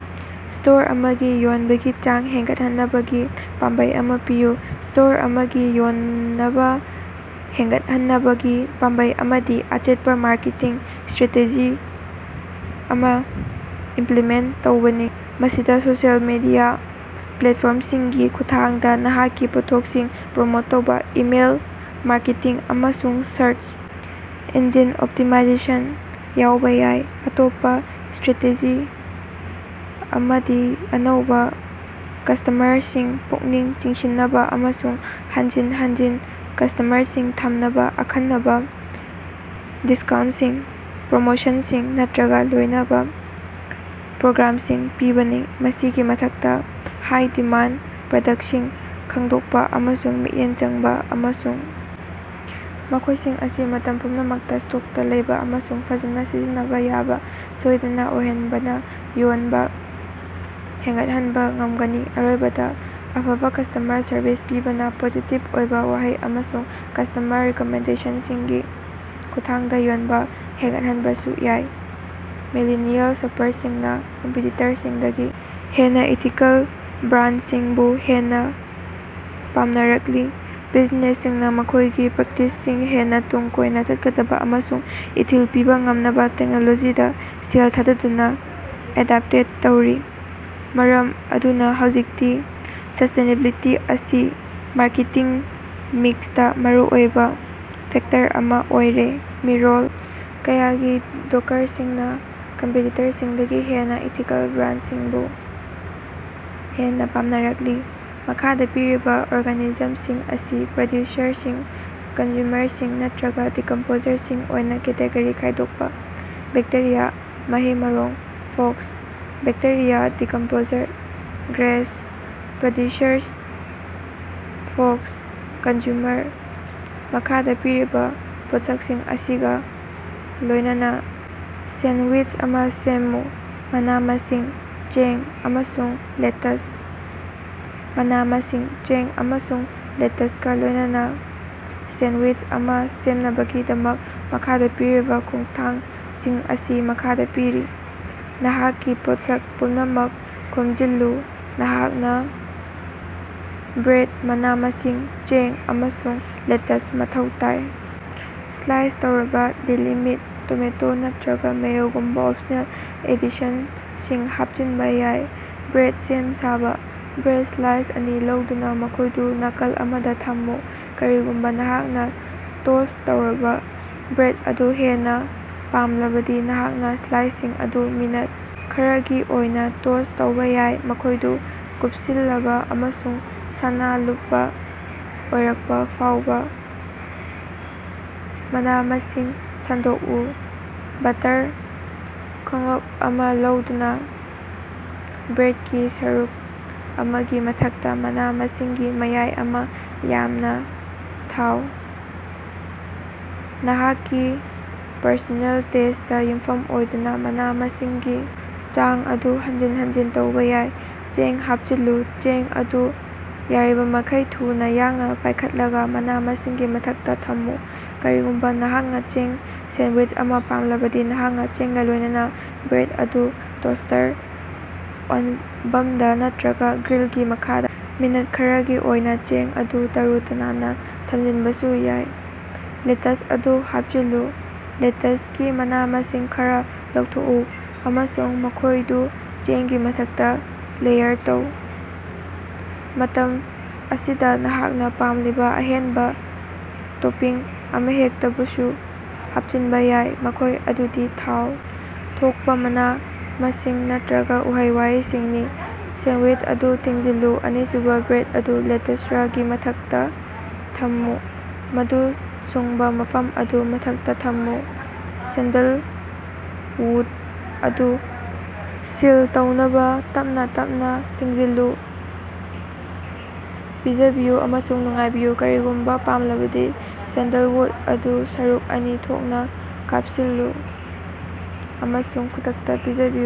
Store ꯑꯃꯒꯤ ꯌꯣꯟꯕꯒꯤ ꯆꯥꯡ ꯍꯦꯟꯒꯠꯍꯟꯅꯕꯒꯤ ꯄꯥꯝꯕꯩ ꯑꯃ ꯄꯤꯌꯨ꯫ ꯁ꯭ꯇꯣꯔ ꯑꯃꯒꯤ ꯌꯣꯟꯅꯕ ꯍꯦꯅꯒꯠꯍꯟꯅꯕꯒꯤ ꯄꯥꯝꯕꯩ ꯑꯃꯗꯤ ꯑꯆꯦꯠꯄ ꯃꯥꯔꯀꯦꯇꯤꯡ ꯁ꯭ꯇꯔꯦꯇꯦꯖꯤ ꯑꯃ ꯏꯃꯞꯂꯤꯃꯦꯟꯇ ꯇꯧꯕꯅꯤ꯫ ꯃꯁꯤꯗ ꯁꯣꯁꯤꯑꯦꯜ ꯃꯦꯗꯤꯌꯥ ꯄ꯭ꯂꯦꯠꯐꯣꯔꯝꯁꯤꯡꯒꯤ ꯈꯨꯠꯊꯥꯡꯗ ꯅꯍꯥꯛꯀꯤ ꯄꯣꯠꯊꯣꯛꯁꯤꯡ ꯄ꯭ꯔꯃꯣꯠ ꯇꯧꯕ, ꯏꯃꯦꯜ ꯃꯥꯔꯀꯦꯇꯤꯡ, ꯑꯃꯁꯨꯡ ꯁꯔꯆ ꯏꯟꯖꯤꯟ ꯑꯣꯞꯇꯤꯃꯥꯏꯖꯦꯁꯟ ꯌꯥꯎꯕ ꯌꯥꯏ꯫ ꯑꯇꯣꯞꯄ ꯁ꯭ꯇꯔꯦꯇꯦꯖꯤ ꯑꯃꯗꯤ ꯑꯅꯧꯕ ꯀꯁ꯭ꯇꯃꯔꯁꯤꯡ ꯄꯨꯛꯅꯤꯡ ꯆꯤꯡꯁꯤꯟꯅꯕ ꯑꯃꯁꯨꯡ ꯍꯟꯖꯤꯟ ꯍꯟꯖꯤꯟ ꯀꯁ꯭ꯇꯃꯔꯁꯤꯡ ꯊꯝꯅꯕ ꯑꯈꯟꯅꯕ ꯗꯤꯁꯀꯥꯎꯟꯇꯁꯤꯡ, ꯄ꯭ꯔꯣꯃꯣꯁꯟꯁꯤꯡ ꯅꯠꯇ꯭ꯔꯒ ꯂꯣꯏꯅꯕ ꯄ꯭ꯔꯣꯒ꯭ꯔꯥꯝꯁꯤꯡ ꯄꯤꯕꯅꯤ꯫ ꯃꯁꯤꯒꯤ ꯃꯊꯛꯇ ꯍꯥꯏ ꯗꯤꯃꯥꯟꯗ ꯄ꯭ꯔꯗꯛꯁꯤꯡ ꯈꯪꯗꯣꯛꯄ ꯑꯃꯁꯨꯡ ꯃꯤꯠꯌꯦꯡ ꯆꯪꯕ ꯑꯃꯁꯨꯡ ꯃꯈꯣꯏꯁꯤꯡ ꯑꯁꯤ ꯃꯇꯝ ꯄꯨꯝꯅꯃꯛꯇ ꯁ꯭ꯇꯣꯛꯇ ꯂꯩꯕ ꯑꯃꯁꯨꯡ ꯐꯖꯅ ꯁꯤꯖꯤꯟꯅꯕ ꯌꯥꯕ ꯁꯣꯏꯗꯅ ꯑꯣꯏꯍꯟꯕꯅ ꯌꯣꯟꯕ ꯍꯦꯟꯒꯠꯍꯟꯕ ꯉꯝꯒꯅꯤ꯫ ꯑꯔꯣꯏꯕꯗ ꯑꯐꯕ ꯀꯁ꯭ꯇꯃꯔ ꯁꯔꯕꯤꯁ ꯄꯤꯕꯅ ꯄꯣꯖꯤꯇꯤꯕ ꯑꯣꯏꯕ ꯋꯥꯍꯩ ꯑꯃꯁꯨꯡ ꯀꯁ꯭ꯇꯃꯔ ꯔꯤꯛꯃꯦꯟꯗꯦꯁꯟꯁꯤꯡꯒꯤ ꯈꯨꯠꯊꯥꯡꯗ ꯌꯣꯟꯕ ꯍꯦꯟꯒꯠꯍꯟꯕꯁꯨ ꯌꯥꯏ꯫ ꯃꯤꯂꯤꯅꯤꯑꯦꯜ ꯁꯣꯄꯥꯔꯁꯤꯡꯅꯥ ꯀꯝꯄꯤꯇꯤꯇꯔꯁꯤꯡꯗꯒꯤ ꯍꯦꯟꯅ ꯏꯊꯤꯀꯦꯜ ꯕ꯭ꯔꯥꯟꯗꯁꯤꯡꯕꯨ ꯍꯦꯟꯅ ꯄꯥꯝꯅꯔꯛꯂꯤ꯫ ꯕꯤꯖꯤꯅꯦꯁꯁꯤꯡꯅ ꯃꯈꯣꯏꯒꯤ ꯄ꯭ꯔꯦꯛꯇꯤꯁꯁꯤꯡ ꯍꯦꯟꯅ ꯇꯨꯡ ꯀꯣꯏꯅ ꯆꯠꯀꯗꯕ ꯑꯃꯁꯨꯡ ꯏꯊꯤꯜ ꯄꯤꯕ ꯉꯝꯅꯕ ꯇꯦꯛꯅꯣꯂꯣꯖꯤꯗ ꯁꯦꯜ ꯊꯥꯗꯗꯨꯅ ꯑꯦꯗꯥꯞꯇꯦꯠ ꯇꯧꯔꯤ꯫ ꯃꯔꯝ ꯑꯗꯨꯅ ꯍꯧꯖꯤꯛꯇꯤ ꯁꯁ꯭ꯇꯦꯅꯦꯕꯤꯂꯤꯇꯤ ꯑꯁꯤ ꯃꯥꯔꯀꯦꯇꯤꯡ ꯃꯤꯛꯁꯇ ꯃꯔꯨꯑꯣꯏꯕ ꯐꯦꯛꯇꯔ ꯑꯃ ꯑꯣꯏꯔꯦ꯫ ꯃꯤꯔꯣꯜ ꯀꯌꯥꯒꯤ ꯗꯣꯀꯔꯁꯤꯡꯅ ꯀꯝꯄꯤꯇꯤꯇꯔꯁꯤꯡꯗꯒꯤ ꯍꯦꯟꯅ ꯏꯊꯤꯀꯦꯜ ꯕ꯭ꯔꯥꯟꯗꯁꯤꯡꯕꯨ ꯍꯦꯟꯅꯥ ꯄꯥꯝꯅꯔꯛꯂꯤ꯫ ꯃꯈꯥꯗ ꯄꯤꯔꯤꯕ ꯑꯣꯔꯒꯥꯅꯤꯖꯝꯁꯤꯡ ꯑꯁꯤ ꯄ꯭ꯔꯗ꯭ꯌꯨꯁꯔꯁꯤꯡ, ꯀꯟꯖ꯭ꯌꯨꯃꯔꯁꯤꯡ ꯅꯠꯇ꯭ꯔꯒ ꯗꯤꯀꯃꯄꯣꯖꯔꯁꯤꯡ ꯑꯣꯏꯅ ꯀꯦꯇꯦꯒꯣꯔꯤ ꯈꯥꯏꯗꯣꯛꯄ꯫ ꯕꯦꯛꯇꯦꯔꯤꯌꯥ, ꯃꯍꯩ-ꯃꯔꯣꯡ, fox. Bacteria: decomposer grass: producer fox: consumer. ꯃꯈꯥꯗ ꯄꯤꯔꯤꯕ ꯄꯣꯠꯁꯛꯁꯤꯡ ꯑꯁꯤꯒ ꯂꯣꯏꯅꯅ ꯁꯦꯟꯗꯋꯤꯁ ꯑꯃ ꯁꯦꯝꯃꯨ: ꯃꯅꯥ-ꯃꯁꯤꯡ, ꯆꯦꯡ, ꯑꯃꯁꯨꯡ ꯂꯦꯇꯆ꯫ ꯃꯅꯥ-ꯃꯁꯤꯡ, ꯆꯦꯡ ꯑꯃꯁꯨꯡ ꯂꯦꯇꯆꯒ ꯂꯣꯏꯅꯅ ꯁꯦꯟꯗꯋꯤꯁ ꯑꯃ ꯁꯦꯝꯅꯕꯒꯤꯗꯃꯛ ꯃꯈꯥꯗꯥ ꯄꯤꯔꯤꯕ ꯈꯣꯡꯊꯥꯡꯁꯤꯡ ꯑꯁꯤ ꯃꯈꯥꯗ ꯄꯤꯔꯤ: ꯅꯍꯥꯛꯀꯤ ꯄꯣꯠꯁꯛ ꯄꯨꯝꯅꯃꯛ ꯈꯣꯝꯖꯤꯜꯂꯨ: ꯅꯍꯥꯛꯅ ꯕ꯭ꯔꯦꯗ, ꯃꯅꯥ-ꯃꯁꯤꯡ, ꯆꯦꯡ, ꯑꯃꯁꯨꯡ ꯂꯦꯇꯆ ꯃꯊꯧ ꯇꯥꯏ꯫ ꯁ꯭ꯂꯥꯏꯁ ꯇꯧꯔꯕ ꯗꯦꯂꯤ ꯃꯤꯠ, ꯇꯣꯃꯦꯇꯣ ꯅꯠꯇ꯭꯭ꯔꯒ ꯃꯦꯌꯣꯒꯨꯝꯕ ꯑꯣꯄꯁꯅꯦꯜ ꯑꯦꯗꯤꯁꯟꯁꯤꯡ ꯍꯥꯄꯆꯤꯟꯕ ꯌꯥꯏ꯫ ꯕ꯭ꯔꯦꯗ ꯁꯦꯝ-ꯁꯥꯕ: ꯕ꯭ꯔꯦꯗ ꯁ꯭ꯂꯥꯏꯁ ꯑꯅꯤ ꯂꯧꯗꯨꯅ ꯃꯈꯣꯏꯗꯨ ꯅꯥꯀꯜ ꯑꯃꯗ ꯊꯝꯃꯨ꯫ ꯀꯔꯤꯒꯨꯝꯕ ꯅꯍꯥꯛꯅ ꯇꯣꯁ꯭ꯠ ꯇꯧꯔꯕ ꯕ꯭ꯔꯦꯗ ꯑꯗꯨ ꯍꯦꯟꯅ ꯄꯥꯝꯂꯕꯗꯤ ꯅꯍꯥꯛꯅ ꯁ꯭ꯂꯥꯏꯁꯁꯤꯡ ꯑꯗꯨ ꯃꯤꯅꯠ ꯈꯔꯒꯤ ꯑꯣꯏꯅ ꯇꯣꯁ꯭ꯠ ꯇꯧꯕꯥ ꯌꯥꯏ ꯫ ꯃꯈꯣꯏꯗꯨ ꯀꯨꯄꯁꯤꯜꯂꯕ ꯑꯃꯁꯨꯡ ꯁꯅꯥ-ꯂꯨꯄꯥ ꯑꯣꯏꯔꯛꯄ ꯐꯥꯎꯕꯥ ꯃꯅꯥ-ꯃꯁꯤꯡ ꯁꯟꯗꯣꯛꯎ: ꯕꯠꯇꯔ ꯈꯣꯡꯎꯞ ꯑꯃ ꯂꯧꯗꯨꯅ ꯕ꯭ꯔꯦꯗꯀꯤ ꯁꯔꯨꯛ ꯑꯃꯒꯤ ꯃꯊꯛꯇ ꯃꯅꯥ-ꯃꯁꯤꯡꯒꯤ ꯃꯌꯥꯏ ꯑꯃ ꯌꯥꯝꯅ ꯊꯥꯎ꯫ ꯅꯍꯥꯛꯀꯤ ꯄꯔꯁꯣꯅꯦꯜ ꯇꯦꯁ꯭ꯇꯇ ꯌꯨꯝꯐꯝ ꯑꯣꯏꯗꯨꯅ ꯃꯅꯥ-ꯃꯁꯤꯡꯒꯤ ꯆꯥꯡ ꯑꯗꯨ ꯍꯟꯖꯤꯟ ꯍꯟꯖꯤꯟ ꯇꯧꯕ ꯌꯥꯏ꯫ ꯆꯦꯡ ꯍꯥꯄꯆꯤꯜꯂꯨ: ꯆꯦꯡ ꯑꯗꯨ ꯌꯥꯔꯤꯕꯃꯈꯩ ꯊꯨꯅ ꯌꯥꯡꯅ ꯄꯥꯏꯈꯠꯂꯒ ꯃꯅꯥ-ꯃꯁꯤꯡꯒꯤ ꯃꯊꯛꯇ ꯊꯝꯃꯨ꯫ ꯀꯔꯤꯒꯨꯝꯕ ꯅꯍꯥꯛꯅ ꯆꯦꯡ ꯁꯦꯟꯗꯋꯤꯁ ꯑꯃ ꯄꯥꯝꯂꯕꯗꯤ ꯅꯍꯥꯛꯅ ꯆꯦꯡꯒ ꯂꯣꯏꯅꯅ ꯕ꯭ꯔꯦꯗ ꯑꯗꯨ ꯇꯣꯁ꯭ꯇꯔ ꯑꯣꯚꯟꯗ ꯅꯠꯇ꯭ꯔꯒ ꯒ꯭ꯔꯤꯜꯒꯤ ꯃꯈꯥꯗ ꯃꯤꯅꯠ ꯈꯔꯒꯤ ꯑꯣꯏꯅ ꯆꯦꯡ ꯑꯗꯨ ꯇꯔꯨ-ꯇꯅꯥꯟꯅ ꯊꯝꯖꯟꯕꯁꯨ ꯌꯥꯏ꯫ ꯂꯦꯇꯆ ꯑꯗꯨ ꯍꯥꯄꯆꯤꯜꯂꯨ: ꯂꯦꯇꯆꯒꯤ ꯃꯅꯥ-ꯃꯁꯤꯡ ꯈꯔꯥ ꯂꯧꯊꯣꯛꯎ ꯑꯃꯁꯨꯡ ꯃꯈꯣꯏꯗꯨ ꯆꯦꯡꯒꯤ ꯃꯊꯛꯇ ꯂꯦꯌꯥꯔ ꯇꯧ꯫ ꯃꯇꯝ ꯑꯁꯤꯗ ꯅꯍꯥꯛꯅ ꯄꯥꯝꯂꯤꯕ ꯑꯍꯦꯟꯕ ꯇꯣꯄꯤꯡ ꯑꯃꯍꯦꯛꯇꯕꯨꯁꯨ ꯍꯥꯄꯆꯤꯟꯕ ꯌꯥꯏ꯫ ꯃꯈꯣꯏ ꯑꯗꯨꯗꯤ ꯊꯥꯎ ꯊꯣꯛꯄ ꯃꯅꯥ-ꯃꯁꯤꯡ ꯅꯠꯇ꯭ꯔꯒ ꯎꯍꯩ-ꯋꯥꯍꯩꯁꯤꯡꯅꯤ꯫ ꯁꯦꯟꯗꯋꯤꯁ ꯑꯗꯨ ꯊꯤꯡꯖꯤꯜꯂꯨ: ꯑꯅꯤꯁꯨꯕꯥ ꯕ꯭ꯔꯦꯗ ꯑꯗꯨ ꯂꯦꯇꯆꯔꯒꯤ ꯃꯊꯛꯇ ꯊꯝꯃꯨ ꯃꯗꯨ ꯁꯨꯡꯕ ꯃꯐꯝ ꯑꯗꯨ ꯃꯊꯛꯇ ꯊꯝꯃꯨ꯫ ꯁꯦꯟꯗꯂꯋꯨꯗ ꯑꯗꯨ ꯁꯤꯜ ꯇꯧꯅꯕꯥ ꯇꯞꯅꯥ ꯇꯞꯅꯥ ꯊꯤꯡꯖꯤꯜꯂꯨ꯫ ꯄꯤꯖꯕꯤꯌꯨ ꯑꯃꯁꯨꯡ ꯅꯨꯡꯉꯥꯏꯕꯤꯌꯨ: ꯀꯔꯤꯒꯨꯝꯕꯥ ꯄꯥꯝꯂꯕꯗꯤ ꯁꯦꯟꯗꯂꯋꯨꯗ ꯑꯗꯨ ꯁꯔꯨꯛ ꯑꯅꯤ ꯊꯣꯛꯅꯥ ꯀꯥꯄꯁꯤꯜꯂꯨ, ꯑꯃꯁꯨꯡ ꯈꯨꯗꯛꯇ ꯄꯤꯖꯕꯤꯌꯨ꯫